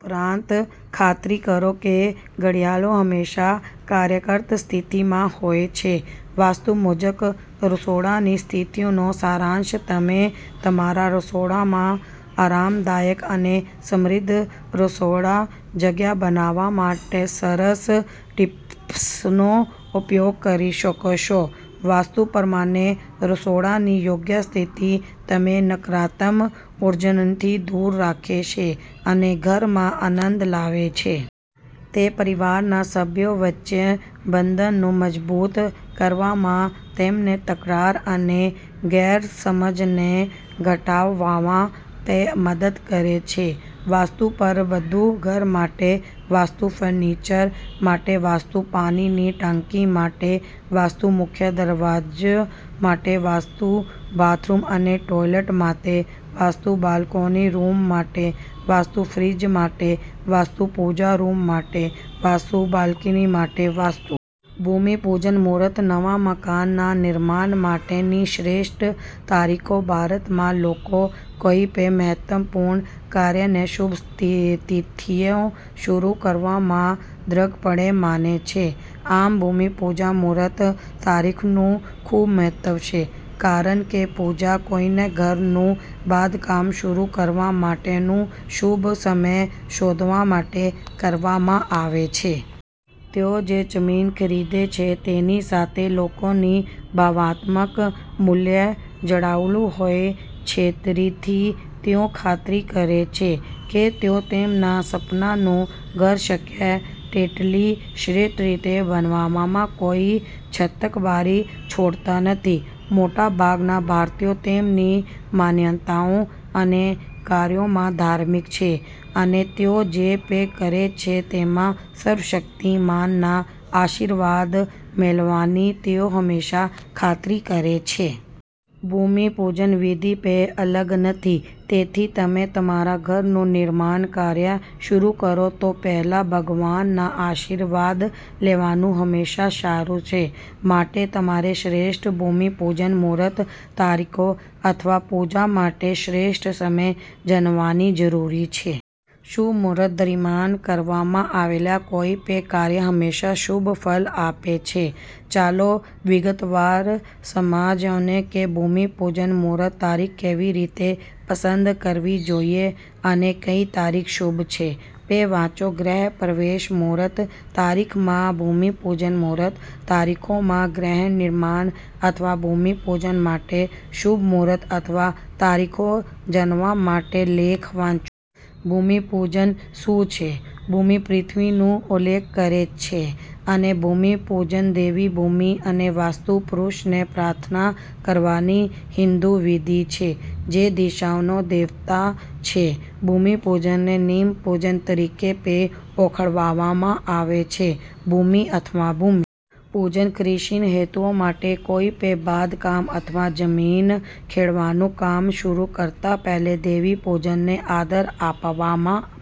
ઉપરાંત, ખાતરી કરો કે ઘડિયાળો હંમેશા કાર્યરત સ્થિતિમાં હોય છે. વાસ્તુ મુજબ રસોડાની સ્થિતિનો સારાંશ તમે તમારા રસોડામાં આરામદાયક અને સમૃદ્ધ રસોઈ જગ્યા બનાવવા માટેસરળ ટીપ્સનો ઉપયોગ કરી શકો છો. વાસ્તુ પ્રમાણે રસોડાની યોગ્ય સ્થિતિ તેને નકારાત્મક ઉર્જાથી દૂર રાખે છે અને ઘરમાં આનંદ લાવે છે. તે પરિવારના સભ્યો વચ્ચેના બંધનને મજબૂત કરવામાં, તેમના તકરાર અને ગેરસમજને ઘટાડવામાં પણ મદદ કરે છે. વાસ્તુ પર વધુ ઘર માટે વાસ્તુ ફર્નિચર માટે વાસ્તુ પાણીની ટાંકી માટે વાસ્તુ મુખ્ય દરવાજા માટે વાસ્તુ બાથરૂમ અને ટોયલેટ માટે વાસ્તુ બાળકોના રૂમ માટે વાસ્તુ ફ્રિજ માટે વાસ્તુ પૂજા રૂમ માટે વાસ્તુ બાલ્કની માટે વાસ્તુ ભૂમિ પૂજન મુહૂર્ત નવા મકાનના નિર્માણ માટેની શ્રેષ્ઠ તારીખો ભારતમાં, લોકો કોઈ પણ મહત્વપૂર્ણ કાર્યને શુભ તિથિએ શરૂ કરવામાં દ્રઢપણે માને છે. આમ, ભૂમિપૂજન મુહૂર્ત તારીખનું ખૂબ મહત્વ છે કારણ કેપૂજા કોઈના ઘરનું બાંધકામ શરૂ કરવા માટેનો શુભ સમય શોધવા માટે કરવામાં આવે છે. તેઓ જે જમીન ખરીદે છે તેની સાથે લોકોનું ભાવનાત્મક મૂલ્ય જોડાયેલું હોય છેતેથી, તેઓ ખાતરી કરે છે કે તેઓ તેમના સપનાનું ઘર શક્ય તેટલી શ્રેષ્ઠ રીતે બનાવવામાં કોઈ છટકબારી છોડતા નથી. મોટાભાગના ભારતીયો તેમની માન્યતાઓ અને કાર્યોમાં ધાર્મિક છે, અને તેઓ જે પણ કરે છે તેમાં સર્વશક્તિમાનના આશીર્વાદ મેળવવાની તેઓ હંમેશા ખાતરી કરે છે. ભૂમિપૂજન વિધિ પણ અલગ નથી. તેથી, તમે તમારા ઘરનું નિર્માણ કાર્ય શરૂ કરો તે પહેલાં, ભગવાનના આશીર્વાદ લેવાનું હંમેશા સારું છે. માટે, તમારે શ્રેષ્ઠ ભૂમિ પૂજન મુહૂર્ત તારીખો અથવાપૂજા માટે શ્રેષ્ઠ સમય જાણવાની જરૂર છે. શુભ મુહૂર્ત દરમિયાન કરવામાં આવેલ કોઈપણ કાર્ય હંમેશા શુભ ફળ આપે છે. ચાલો વિગતવાર સમજીએ કે ભૂમિ પૂજન મુહૂર્ત તારીખ કેવી રીતે પસંદ કરવી જોઈએ અને કઈ તારીખો શુભ છે. પણ વાંચોગૃહ પ્રવેશ મુહૂર્ત તારીખો માં ભૂમિ પૂજન મુહૂર્ત તારીખો માં ગૃહ નિર્માણ અથવા ભૂમિપૂજન માટે શુભ મુહૂર્ત અથવા તારીખો જાણવા માટેલેખ વાંચો. ભૂમિપૂજન શું છે? ભૂમિપૃથ્વીનો ઉલ્લેખ કરે છે, અને ભૂમિપૂજનદેવી ભૂમિ અને વાસ્તુ પુરૂષને પ્રાર્થના કરવાની હિંદુ વિધિ છે, જે દિશાઓના દેવતા છે. ભૂમિપૂજનને નીવ પૂજન તરીકે પણ ઓળખવામાં આવે છે. ભૂમિ અથવા ભૂમિ પૂજન કૃષિ હેતુઓ માટે કોઈપણ બાંધકામ અથવા જમીન ખેડવાનું કામ શરૂ કરતા પહેલા દેવી ભૂમિને આદર આપવા માટે